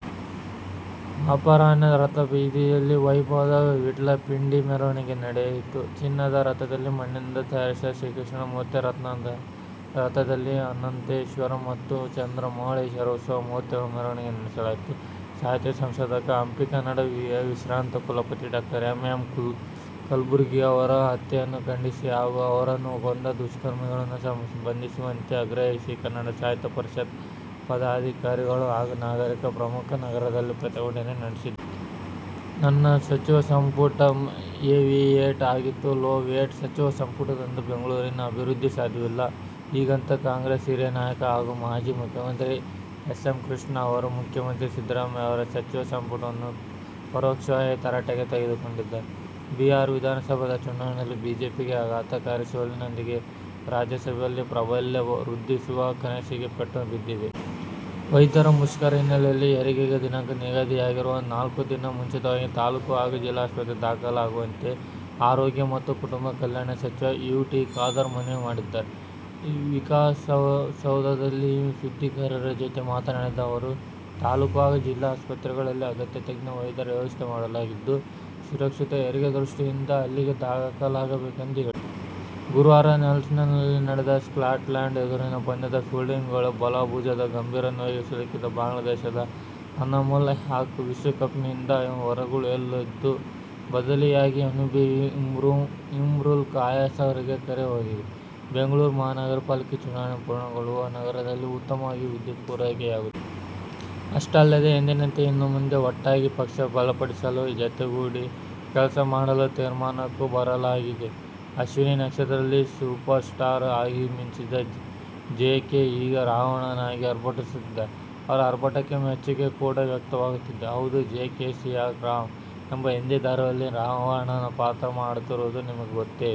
ಅಪರಾಹ್ನ ರಥಬೀದಿಯಲ್ಲಿ ವೈಭವದ ವಿಟ್ಲಪಿಂಡಿ ಮೆರವಣಿಗೆ ನಡೆಯಿತು. ಚಿನ್ನದ ರಥದಲ್ಲಿ ಮಣ್ಣಿನಿಂದ ತಯಾರಿಸಿದ ಶ್ರೀಕೃಷ್ಣನ ಮೂರ್ತಿ, ರತ್ನದ ರಥದಲ್ಲಿ ಅನಂತೇಶ್ವರ ಮತ್ತು ಚಂದ್ರಮೌಳೀಶ್ವರ ಉತ್ಸವ ಮೂರ್ತಿಗಳ ಮೆರವಣಿಗೆ ನಡೆಸಲಾಯಿತು. ಸಾಹಿತಿ, ಸಂಶೋಧಕ, ಹಂಪಿ ಕನ್ನಡ ವಿವಿಯ ವಿಶ್ರಾಂತ ಕುಲಪತಿ ಡಾ. ಎಂ. ಎಂ. ಕಲಬುರ್ಗಿ ಅವರ ಹತ್ಯೆಯನ್ನು ಖಂಡಿಸಿ ಹಾಗೂ ಅವರನ್ನು ಕೊಂದ ದುಷ್ಕರ್ಮಿಗಳನ್ನು ಬಂಧಿಸುವಂತೆ ಆಗ್ರಹಿಸಿ ಕನ್ನಡ ಸಾಹಿತ್ಯ ಪರಿಷತ್ನ ಪದಾಧಿಕಾರಿಗಳು ಹಾಗೂ ನಾಗರಿಕ ಪ್ರಮುಖರು ನಗರದಲ್ಲಿ ಪ್ರತಿಭಟನೆ ನಡೆಸಿದರು. ನನ್ನ ಸಚಿವ ಸಂಪುಟ 'ಹೆವಿವೇಟ್' ಆಗಿತ್ತು. 'ಲೋ ವೇಟ್' ಸಚಿವ ಸಂಪುಟದಿಂದ ಬೆಂಗಳೂರಿನ ಅಭಿವೃದ್ಧಿ ಸಾಧ್ಯವಿಲ್ಲ. ಹೀಗಂತ ಕಾಂಗ್ರೆಸ್ ಹಿರಿಯ ನಾಯಕ ಹಾಗೂ ಮಾಜಿ ಮುಖ್ಯಮಂತ್ರಿ ಎಸ್. ಎಂ. ಕೃಷ್ಣ ಅವರು ಮುಖ್ಯಮಂತ್ರಿ ಸಿದ್ದರಾಮಯ್ಯ ಅವರ ಸಚಿವ ಸಂಪುಟವನ್ನು ಪರೋಕ್ಷವಾಗಿ ತರಾಟೆಗೆ ತೆಗೆದುಕೊಂಡಿದ್ದಾರೆ. ಬಿಹಾರ ವಿಧಾನಸಭಾ ಚುನಾವಣೆಯಲ್ಲಿ ಬಿಜೆಪಿಗೆ ಆಘಾತಕಾರಿ ಸೋಲಿನೊಂದಿಗೆ, ರಾಜ್ಯಸಭೆಯಲ್ಲಿ ಪ್ರಾಬಲ್ಯ ವೃದ್ಧಿಸುವ ಕನಸಿಗೂ ಪೆಟ್ಟು ಬಿದ್ದಿದೆ. ವೈದ್ಯರ ಮುಷ್ಕರ ಹಿನ್ನೆಲೆಯಲ್ಲಿ ಹೆರಿಗೆಗೆ ದಿನಾಂಕ ನಿಗದಿಯಾಗಿರುವವರು ನಾಲ್ಕು ದಿನ ಮುಂಚಿತವಾಗಿ ತಾಲೂಕು ಹಾಗೂ ಜಿಲ್ಲಾಸ್ಪತ್ರಗೆ ದಾಖಲಾಗುವಂತೆ ಆರೋಗ್ಯ ಮತ್ತು ಕುಟುಂಬ ಕಲ್ಯಾಣ ಸಚಿವ ಯು. ಟಿ. ಖಾದರ್ ಮನವಿ ಮಾಡಿದ್ದಾರೆ. ವಿಕಾಸಸೌಧದಲ್ಲಿ ಸುದ್ದಿಗಾರರ ಜತೆ ಮಾತನಾಡಿದ ಅವರು, ತಾಲೂಕು ಹಾಗೂ ಜಿಲ್ಲಾಸ್ಪತ್ರೆಗಳಲ್ಲಿ ಅಗತ್ಯ ತಜ್ಞ ವೈದ್ಯರ ವ್ಯವಸ್ಥೆ ಮಾಡಲಾಗಿದ್ದು, ಸುರಕ್ಷಿತ ಹೆರಿಗೆ ದೃಷ್ಟಿಯಿಂದ ಅಲ್ಲಿಗೆ ದಾಖಲಾಗಬೇಕು ಎಂದು ಹೇಳಿದರು. ಗುರುವಾರ ನೆಲ್ಸನ್ನಲ್ಲಿ ನಡೆದ ಸ್ಕಾಟ್ಲೆಂಡ್ ಎದುರಿನ ಪಂದ್ಯದ ಫೀಲ್ಡಿಂಗ್ ವೇಳೆ ಬಲ ಭುಜದ ಗಂಭೀರ ನೋವಿಗೆ ಸಿಲುಕಿದ ಬಾಂಗ್ಲಾದೇಶದ ಅನಾಮುಲ್ ಹಕ್ ವಿಶ್ವಕಪ್ನಿಂದ ಹೊರಗುಳಿಯಲಿದ್ದು, ಬದಲಿಯಾಗಿ ಅನುಭವಿ ಇಮ್ರುಲ್ ಕಾಯಸ್ ಅವರಿಗೆ ಕರೆ ಹೋಗಿದೆ. ಬೆಂಗಳೂರು ಮಹಾನಗರಪಾಲಿಕೆ ಚುನಾವಣೆ ಪೂರ್ಣಗೊಳ್ಳುವವರೆಗೂ ನಗರದಲ್ಲಿ ಉತ್ತಮವಾಗಿ ವಿದ್ಯುತ್ ಪೂರೈಕೆಯಾಗುತ್ತಿತ್ತು. ಅಷ್ಟೇ ಅಲ್ಲದೆ ಎಂದಿನಂತೆ ಇನ್ನು ಮುಂದೆ ಒಟ್ಟಾಗಿ ಪಕ್ಷ ಬಲಪಡಿಸಲು ಜತೆಗೂಡಿ ಕೆಲಸ ಮಾಡಲು ತೀರ್ಮಾನಕ್ಕೂ ಬರಲಾಗಿದೆ. "ಅಶ್ವಿನಿ ನಕ್ಷತ್ರ'ದಲ್ಲಿ ಸೂಪರ್ಸ್ಟಾರ್ ಆಗಿ ಮಿಂಚಿದ ಜೆಕೆ ಈಗ ರಾವಣನಾಗಿ ಆರ್ಭಟಿಸುತ್ತಿದ್ದಾರೆ. ಅವರ ಅರ್ಭಟಕ್ಕೆ ಮೆಚ್ಚುಗೆ ಕೂಡಾ ವ್ಯಕ್ತವಾಗುತ್ತಿದೆ. ಹೌದು, ಜೆಕೆ "ಸಿಯಾಕಾ ರಾಮ್' ಎಂಬ ಹಿಂದಿ ಧಾರಾವಾಹಿಯಲ್ಲಿ ರಾವಣನ ಪಾತ್ರ ಮಾಡುತ್ತಿರುವುದು ನಿಮಗೆ ಗೊತ್ತೇ ಇದೆ.